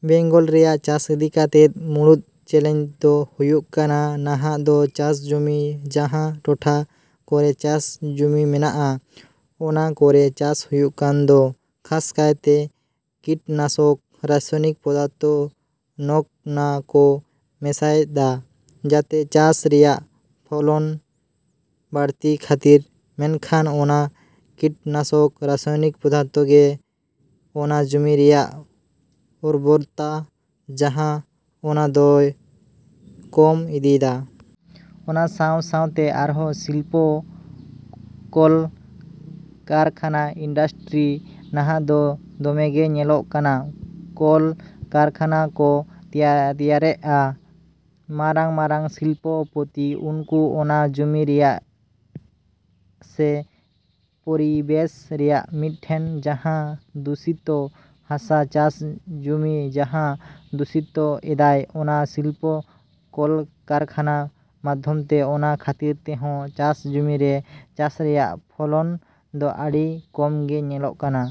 ᱵᱮᱝᱜᱚᱞ ᱨᱮᱭᱟᱜ ᱪᱟᱥ ᱤᱫᱤ ᱠᱟᱛᱮᱫ ᱢᱩᱲᱩᱫ ᱪᱮᱞᱮᱧᱡ ᱫᱚ ᱦᱩᱭᱩᱜ ᱠᱟᱱᱟ ᱱᱟᱦᱟᱜ ᱫᱚ ᱪᱟᱥ ᱡᱚᱢᱤ ᱡᱟᱦᱟᱸ ᱴᱚᱴᱷᱟ ᱠᱚᱨᱮ ᱪᱟᱥ ᱡᱩᱢᱤ ᱢᱮᱱᱟᱜᱼᱟ ᱚᱱᱟ ᱠᱚᱨᱮ ᱪᱟᱥ ᱦᱩᱭᱩᱜ ᱠᱟᱱ ᱫᱚ ᱠᱷᱟᱥ ᱠᱟᱭᱛᱮ ᱠᱤᱴᱱᱟᱥᱚᱠ ᱨᱟᱥᱟᱭᱚᱱᱤᱠ ᱯᱚᱫᱟᱨᱛᱷᱚ ᱱᱚᱜᱱᱟᱠᱚ ᱢᱮᱥᱟᱭᱮᱫᱟ ᱡᱟᱛᱮ ᱪᱟᱥ ᱨᱮᱭᱟᱜ ᱯᱷᱚᱞᱚᱱ ᱵᱟᱹᱲᱛᱤ ᱠᱷᱟᱹᱛᱤᱨ ᱢᱮᱱᱠᱷᱟᱱ ᱚᱱᱟ ᱠᱤᱴᱱᱟᱥᱚᱠ ᱨᱟᱥᱟᱭᱚᱱᱤᱠ ᱯᱚᱫᱟᱨᱛᱷᱚ ᱜᱮ ᱚᱱᱟ ᱡᱚᱢᱤ ᱨᱮᱭᱟᱜ ᱩᱨᱵᱚᱨᱛᱟ ᱡᱟᱦᱟᱸ ᱚᱱᱟ ᱫᱚᱭ ᱠᱚᱢ ᱤᱫᱤᱭᱮᱫᱟ᱾ ᱚᱱᱟ ᱥᱟᱶ ᱥᱟᱶᱛᱮ ᱟᱨᱚ ᱥᱤᱞᱯᱚ ᱠᱚᱞᱠᱟᱨᱠᱷᱟᱱᱟ ᱤᱱᱰᱟᱥᱴᱨᱤ ᱱᱟᱦᱟᱜ ᱫᱚ ᱫᱚᱢᱮ ᱜᱮ ᱧᱮᱞᱚᱜ ᱠᱟᱱᱟ ᱠᱚᱞᱠᱟᱨᱠᱷᱟᱱᱟ ᱠᱚ ᱛᱮᱭᱨᱮᱜᱼᱟ ᱢᱟᱨᱟᱝ ᱢᱟᱨᱟᱝ ᱥᱤᱞᱯᱚ ᱯᱚᱛᱤ ᱩᱱᱠᱩ ᱚᱱᱟ ᱡᱚᱢᱤ ᱨᱮᱭᱟ ᱥᱮ ᱯᱚᱨᱤᱵᱮᱥ ᱨᱮᱭᱟᱜ ᱢᱤᱫᱴᱮᱱ ᱡᱟᱦᱟᱸ ᱫᱩᱥᱤᱛᱳ ᱦᱟᱥᱟ ᱪᱟᱥ ᱡᱚᱢᱤ ᱡᱟᱦᱟᱸ ᱫᱩᱥᱤᱛᱳ ᱮᱫᱟᱭ ᱚᱱᱟ ᱥᱤᱞᱯᱳ ᱠᱚᱞᱠᱟᱨᱠᱷᱟᱱᱟ ᱢᱟᱫᱷᱚᱢ ᱛᱮ ᱚᱱᱟ ᱠᱷᱟᱹᱛᱤᱨ ᱛᱮᱦᱚᱸ ᱪᱟᱥ ᱡᱚᱢᱤ ᱨᱮ ᱪᱟᱥ ᱨᱮᱭᱟᱜ ᱯᱷᱚᱞᱚᱱ ᱫᱚ ᱟᱹᱰᱤ ᱠᱚᱢᱜᱮ ᱧᱮᱞᱚᱜ ᱠᱟᱱᱟ᱾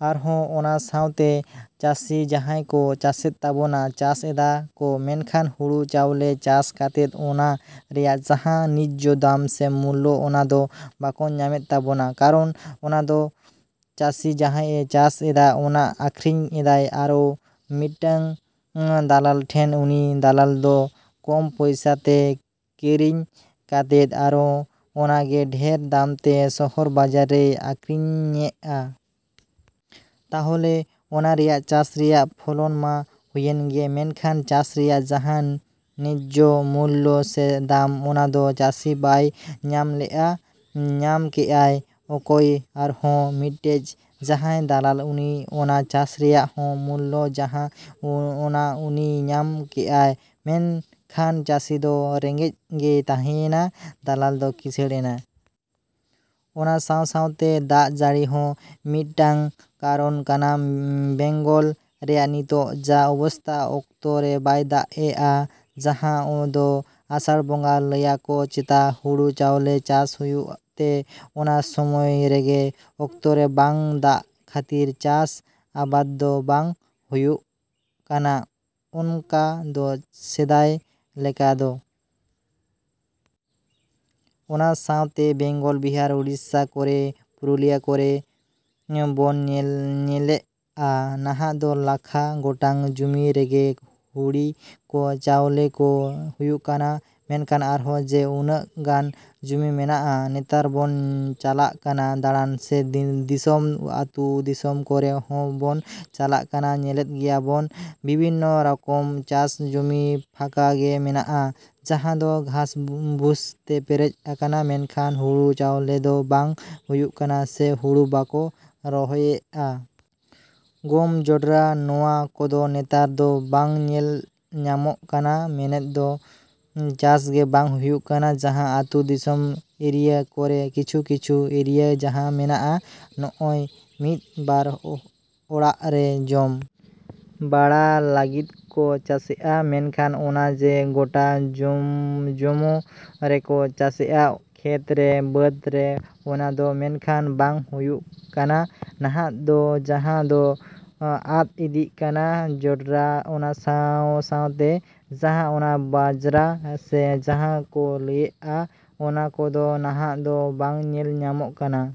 ᱟᱨᱦᱚᱸ ᱚᱱᱟ ᱥᱟᱶᱛᱮ ᱪᱟᱹᱥᱤ ᱡᱟᱦᱟᱸᱭ ᱠᱚ ᱪᱟᱥᱮᱫ ᱛᱟᱵᱚᱱᱟ ᱪᱟᱥ ᱮᱫᱟ ᱠᱚ ᱢᱮᱱᱠᱷᱟᱱ ᱦᱩᱲᱩ ᱪᱟᱣᱞᱮ ᱪᱟᱥ ᱠᱟᱛᱮᱫ ᱚᱱᱟ ᱨᱮᱭᱟᱜ ᱡᱟᱦᱟᱸ ᱱᱮᱡᱡᱷᱚ ᱫᱟᱢ ᱥᱮ ᱢᱩᱞᱞᱚ ᱚᱱᱟᱫᱚ ᱵᱟᱠᱚ ᱧᱟᱢᱮᱫ ᱛᱟᱵᱚᱱᱟ᱾ ᱠᱟᱨᱚᱱ ᱫᱚ ᱚᱱᱟ ᱪᱟᱹᱥᱤ ᱡᱟᱦᱟᱭ ᱮ ᱪᱟᱥ ᱮᱫᱟ ᱚᱱᱟ ᱟᱹᱠᱷᱟᱨᱤᱧ ᱮᱫᱟᱭ ᱟᱨᱚ ᱢᱤᱫᱴᱟᱝ ᱫᱟᱞᱟᱞ ᱴᱷᱮᱱ ᱩᱱᱤ ᱫᱟᱞᱟᱞ ᱫᱚ ᱠᱚᱢ ᱯᱚᱭᱥᱟ ᱛᱮ ᱠᱤᱨᱤᱧ ᱠᱟᱛᱮᱫ ᱟᱨᱚᱦᱚᱸ ᱚᱱᱟ ᱜᱮ ᱰᱷᱮᱨ ᱫᱟᱢ ᱛᱮ ᱥᱚᱦᱚᱨ ᱵᱟᱡᱟᱨᱮᱭ ᱟᱹᱠᱷᱟᱹᱨᱤᱧᱮᱜᱼᱟ᱾ ᱛᱟᱦᱚᱞᱮ ᱚᱱᱟ ᱨᱮᱭᱟᱜ ᱪᱟᱥ ᱨᱮᱭᱟᱜ ᱯᱷᱚᱞᱚᱱ ᱢᱟ ᱦᱩᱭᱮᱱ ᱜᱮ ᱢᱮᱱᱠᱷᱟᱱ ᱪᱟᱥ ᱨᱮᱭᱟᱜ ᱡᱟᱦᱟᱸ ᱱᱮᱡᱷᱭᱚ ᱢᱩᱞᱞᱚ ᱥᱮ ᱫᱟᱢ ᱚᱱᱟ ᱫᱚ ᱪᱟᱹᱥᱤ ᱵᱟᱭ ᱧᱟᱢ ᱞᱮᱜᱼᱟ᱾ ᱧᱟᱢ ᱠᱮᱜ ᱟᱭ ᱚᱠᱚᱭ ᱟᱨᱚᱦᱚᱸ ᱢᱤᱫᱴᱮᱡ ᱡᱟᱦᱟᱭ ᱫᱟᱞᱟᱞ ᱩᱱᱤ ᱚᱱᱟ ᱪᱟᱥ ᱨᱮᱭᱟᱜ ᱦᱚᱸ ᱢᱩᱞᱞᱚ ᱡᱟᱦᱟᱸ ᱚᱱᱟ ᱩᱱᱤᱭ ᱧᱟᱢ ᱠᱮᱜᱼᱟ ᱢᱮᱱ ᱠᱷᱟᱱ ᱪᱟᱹᱥᱤ ᱫᱚ ᱨᱮᱜᱮᱡ ᱜᱮᱭ ᱛᱟᱦᱮᱸᱭᱮᱱᱟ ᱫᱟᱞᱟᱞ ᱫᱚ ᱠᱤᱥᱟᱹᱲ ᱮᱱᱟ᱾ ᱚᱱᱟ ᱥᱟᱶ ᱥᱟᱶᱛᱮ ᱫᱟᱜ ᱡᱟᱹᱲᱤ ᱦᱚᱸ ᱢᱤᱫᱴᱟᱝ ᱠᱟᱨᱚᱱ ᱠᱟᱱᱟ ᱵᱮᱝᱜᱚᱞ ᱨᱮᱭᱟᱜ ᱱᱤᱛᱚᱜ ᱡᱟ ᱚᱵᱚᱥᱛᱟ ᱚᱠᱛᱚ ᱨᱮ ᱵᱟᱭ ᱫᱟᱜ ᱮᱜᱼᱟ ᱡᱟᱦᱟᱸ ᱫᱚ ᱟᱥᱟᱲ ᱵᱚᱸᱜᱟ ᱞᱟᱹᱭᱟᱠᱚ ᱪᱮᱛᱟ ᱦᱩᱲᱩ ᱪᱟᱣᱞᱮ ᱪᱟᱥ ᱦᱩᱭᱩᱜ ᱛᱮ ᱚᱱᱟ ᱥᱳᱢᱳᱭ ᱨᱮᱜᱮ ᱚᱠᱛᱚ ᱨᱮ ᱵᱟᱝ ᱫᱟᱜ ᱠᱷᱟᱹᱛᱤᱨ ᱪᱟᱥ ᱟᱵᱟᱫ ᱫᱚ ᱵᱟᱝ ᱦᱩᱭᱩᱜ ᱠᱟᱱᱟ ᱚᱱᱠᱟ ᱫᱚ ᱥᱮᱫᱟᱭ ᱞᱮᱠᱟ ᱫᱚ᱾ ᱚᱱᱟ ᱥᱟᱶᱛᱮ ᱵᱮᱝᱜᱚᱞ ᱵᱤᱦᱟᱨ ᱳᱲᱤᱥᱟ ᱠᱚᱨᱮ ᱯᱩᱨᱩᱞᱤᱭᱟ ᱠᱚᱨᱮ ᱵᱚᱱ ᱧᱮᱞᱮᱜᱼᱟ ᱱᱟᱦᱟᱜ ᱫᱚ ᱞᱟᱠᱷᱟ ᱜᱚᱴᱟᱝ ᱡᱚᱢᱤ ᱨᱮᱜᱮ ᱦᱩᱲᱤ ᱠᱚ ᱪᱟᱣᱞᱮ ᱠᱚ ᱦᱩᱭᱩᱜ ᱠᱟᱱᱟ ᱢᱮᱱᱠᱷᱟᱱ ᱟᱨᱦᱚᱸ ᱡᱮ ᱩᱱᱟᱹᱜ ᱜᱟᱱ ᱡᱚᱢᱤ ᱢᱮᱱᱟᱜᱼᱟ ᱱᱮᱛᱟᱨ ᱵᱚᱱ ᱪᱟᱞᱟᱜ ᱠᱟᱱᱟ ᱫᱟᱲᱟᱱ ᱥᱮ ᱫᱤᱥᱚᱢ ᱟᱛᱩ ᱫᱤᱥᱚᱢ ᱠᱚᱨᱮ ᱦᱚᱸ ᱵᱚᱱ ᱪᱟᱞᱟᱜ ᱠᱟᱱᱟ ᱧᱮᱞᱮᱫ ᱜᱮᱭᱟ ᱵᱚᱱ ᱵᱤᱵᱷᱤᱱᱚ ᱨᱚᱠᱚᱢ ᱪᱟᱥ ᱡᱩᱢᱤ ᱯᱷᱟᱠᱟ ᱜᱮ ᱢᱮᱱᱟᱜᱼᱟ ᱡᱟᱦᱟᱸ ᱫᱚ ᱜᱷᱟᱥ ᱵᱩᱥ ᱛᱮ ᱯᱮᱨᱮᱡ ᱟᱠᱟᱱᱟ ᱢᱮᱱᱠᱷᱟᱱ ᱦᱩᱲᱩ ᱪᱟᱣᱞᱮ ᱫᱚ ᱵᱟᱝ ᱦᱩᱭᱩᱜ ᱠᱟᱱᱟ ᱥᱮ ᱦᱩᱲᱩ ᱵᱟᱠᱚ ᱨᱚᱦᱚᱭᱮᱜᱼᱟ᱾ ᱜᱚᱢ ᱡᱚᱸᱰᱨᱟ ᱱᱚᱣᱟ ᱠᱚᱫᱚ ᱱᱮᱛᱟᱨ ᱫᱚ ᱵᱟᱝ ᱧᱮᱞ ᱧᱟᱢᱚᱜ ᱠᱟᱱᱟ ᱢᱮᱱᱮᱫ ᱫᱚ ᱪᱟᱥ ᱜᱮ ᱵᱟᱝ ᱦᱩᱭᱩᱜ ᱠᱟᱱᱟ ᱡᱟᱦᱟᱸ ᱟᱛᱳ ᱫᱤᱥᱚᱢ ᱮᱨᱤᱭᱟ ᱠᱚᱨᱮ ᱠᱤᱪᱷᱩ ᱠᱤᱪᱷᱩ ᱮᱨᱤᱭᱟ ᱡᱟᱦᱟᱸ ᱢᱮᱱᱟᱜᱼᱟ ᱱᱚᱜᱼᱚᱭ ᱢᱤᱫ ᱵᱟᱨ ᱚᱲᱟᱜ ᱨᱮ ᱡᱚᱢ ᱵᱟᱲᱟ ᱞᱟᱹᱜᱤᱫ ᱠᱚ ᱪᱟᱥᱮᱜᱼᱟ ᱢᱮᱱᱠᱷᱟᱱ ᱚᱱᱟ ᱡᱮ ᱜᱚᱴᱟ ᱡᱚᱢᱚ ᱨᱮᱠᱚ ᱪᱟᱥᱮᱜᱼᱟ ᱠᱷᱮᱛ ᱨᱮ ᱵᱟᱹᱫ ᱨᱮ ᱚᱱᱟ ᱫᱚ ᱢᱮᱱᱠᱷᱟᱱ ᱵᱟᱝ ᱦᱩᱭᱩᱜ ᱠᱟᱱᱟ ᱱᱟᱦᱟᱜ ᱫᱚ ᱡᱟᱦᱟᱸ ᱫᱚ ᱟᱫ ᱤᱫᱤᱜ ᱠᱟᱱᱟ ᱡᱚᱸᱰᱨᱟ ᱚᱱᱟ ᱥᱟᱶ ᱥᱟᱶᱛᱮ ᱡᱟᱦᱟᱸ ᱚᱱᱟ ᱵᱟᱡᱽᱨᱟ ᱥᱮ ᱡᱟᱦᱟᱸ ᱠᱚ ᱞᱟᱹᱭᱮᱜᱼᱟ ᱚᱱᱟ ᱠᱚᱫᱚ ᱱᱟᱦᱟᱜ ᱫᱚ ᱵᱟᱝ ᱧᱮᱞ ᱧᱟᱢᱚᱜ ᱠᱟᱱᱟ᱾